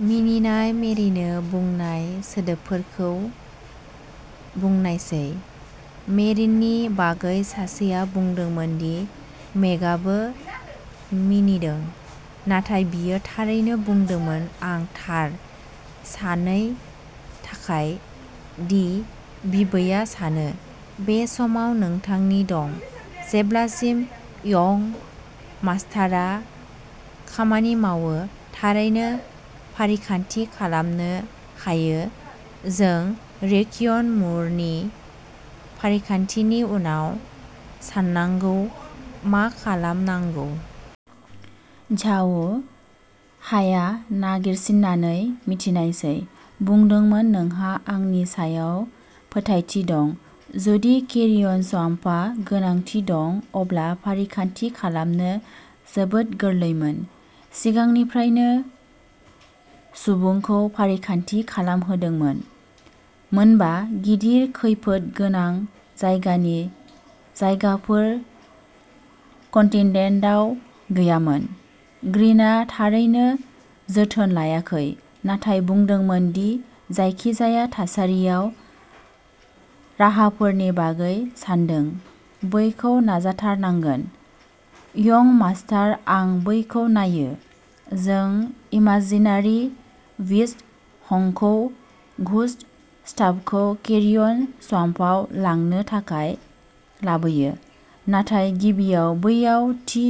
मिनिनाय, मेरिननो बुंनाय सोदोबफोरखौ बुंनायसै, मेरिननि बागै सासेआ बुंदोंमोन दि मेगआबो मिनिदों, नाथाय बियो थारैनो बुंदोंमोन आं थार सान्नो थाखाय दि बिबौआ सानो, बे समाव गोनांथि दं, जेब्लासिम यंग मास्टारआ खामानि मावो, थारैनो फारिखान्थि खालामनो हायो, जों रेखियन मुरनि फारिखान्थिनि उनाव साननांगौ, मा खालामनांगौ। झाओ हायआ नागिरसिननानै मिथिनायसै बुंदोंमोन नोंहा आंनि सायाव फोथायथि दं, जुदि केरियन स्वाम्पआ गोनांथि दं अब्ला फारिखान्थि खालामनो जोबोद गोरलैमोन, सिगांनिफ्रायनो सुबुंखौ फारिखान्थि खालामहोदोंमोन, मोनबा गिदिर खैफोद गोनां जायगानि जायगाफोर कन्टिनेन्टआव गैयामोन। ग्रिनआ थारैनो जोथोन लायाखै, नाथाय बुंदोंमोन दि जायखिजाया थासारियाव राहाफोरनि बागै सानदों, बैखौ नाजाथारनांगोन, यंग मास्टार, आं बैखौ नायो, जों इमाजिनारि बिस्ट हकखौ घोस्ट स्टाफखौ केरियन स्वाम्पआव लांनो थाखाय लाबोयो, नाथाय गिबियाव बैयाव थि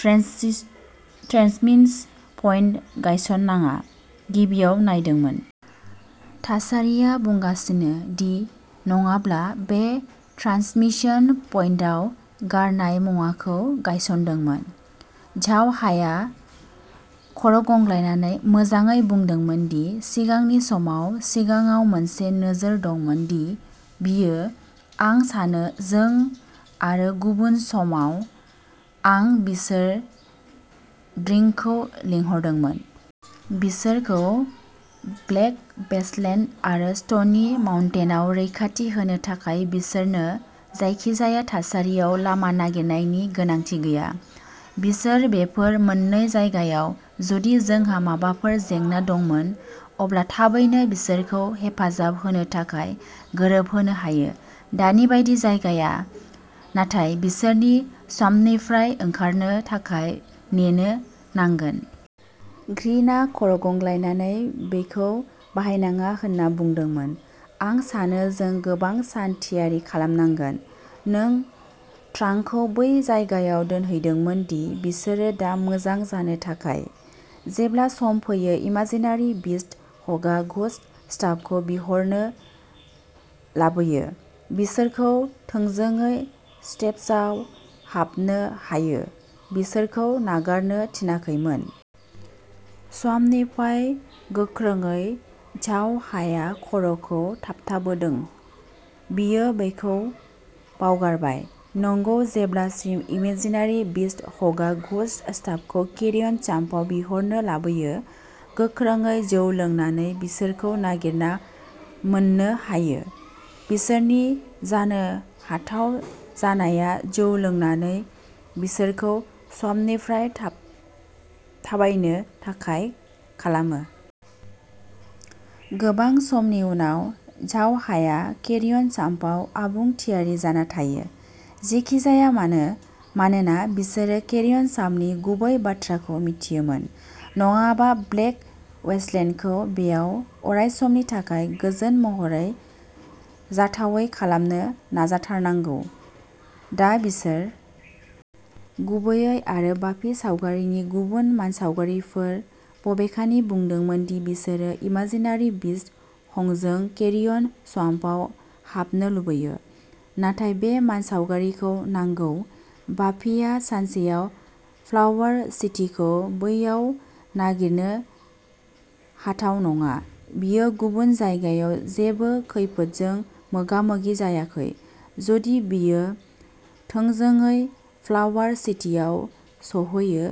ट्रेन्समिशन पइन्ट गायसन्नाङा, गिबियाव नायदोंमोन। थासारिया बुंगासिनो दि नङाब्ला बे ट्रान्समिसन पइन्टआव गारनाय मुवाखौ गायसन'दोंमोन। झाअ'हायआ खर'गंग्लायनानै मोजाङै बुंदोंमोन, दि सिगांनि समाव सिगाङाव मोनसे नोजोर दंमोन दि बेयो, आं सानो जों आरो गुबुन समाव, आं बिसोर ड्रिंकखौ लिंहरदोंमोन, बिसोरखौ ब्लेक वेस्टलेन्ड आरो स्ट'नि माउन्टेनआव रैखाथि होनो थाखाय, बिसोरनो जायखिजाया थासारियाव लामा नागिरनायनि गोनांथि गैया, बिसोर बेफोर मोननै जायगायाव, जुदि जोंहा माबाफोर जेंना दंमोन, अब्ला थाबैनो बिसोरखौ हेफाजाब होनो थाखाय गोरोबहोनो हायो, दानि बायदि जायगाया, नाथाय बिसोरनि स्वाम्पनिफ्राय ओंखारनो थाखाय नेनो नांगोन। ग्रीनआ खर'गंग्लायनानै बेखौ बाहायनाङा होनना बुंदोंमोन, आं सानो जों गोबां सान थियारि खालामनांगोन, नों ड्रांकखौ बै जायगायाव नेहोदोंमोन दि बिसोरो दा मोजां जानो थाखाय, जेब्ला सम फैयो इमाजिनारि बिस्ट हकआ घोस्ट स्टाफखौ बिरहोनो लाबोयो, बिसोरखौ थोंजोङै स्पेसआव हाबनो हायो, बिसोरखौ नागारनो थिनाखैमोन। स्वाम्पनिफ्राय गोख्रोङै झाअ'हायआ खर'खौ थाबथाबोदों, बियो बेखौ बावगारबाय, नंगौ, जेब्लासिम इमेजिनारि बिस्ट हकआ घोस्ट स्टाफखौ केरियन स्वाम्पआव बिरहोनो लाबोयो, गोख्रै जौ लोंनानै बिसोरखौ नागिरना मोन्नो हायो, बिसोरनि जानो हाथाव जानाया जौ लोंनानै बिसोरखौ स्वाम्पनिफ्राय थाबायनो थाखाय खालामो। गोबां समनि उनाव, झाअ'हायआ केरियन स्वाम्पआव आबुं थियारि जाना थायो, जेखि जाया मानो, मानोना बिसोरो केरियन स्वाम्पनि गुबै बाथ्राखौ मिथियोमोन, नङाब्ला ब्लेक वेस्टलेन्डखौ बेयाव अरायसमनि थाखाय गोजोन महरै जाथावै खालामनो नाजाथारनांगौ। दा बिसोर गुबैयै आरो बाफि सावगारिनि गुबुन मानसावगारिफोर, बबेखानि बुंदोंमोन दि बिसोरो इमाजिनारि बिस्ट हकजों केरियन स्वाम्पआव हाबनो लुबैयो, नाथाय बे मानसावगारिखौ नांगौ, बाफिआ सानसेआव फ्लावर सिटीखौ बैयाव नागिरनो हाथाव नङा, बियो गुबुन जायगायाव जेबो खैफोदजों मोगा-मोगि जायाखै, जुदि बियो थोंजोङै फ्लावर सिटीआव सौहैयो,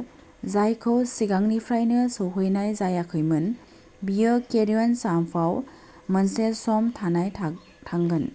जायखौ सिगांनिफ्रायनो सौहैनाय जायाखैमोन, बेयो केरियन स्वाम्पआव मोनसे समनि थाखाय थांगोन।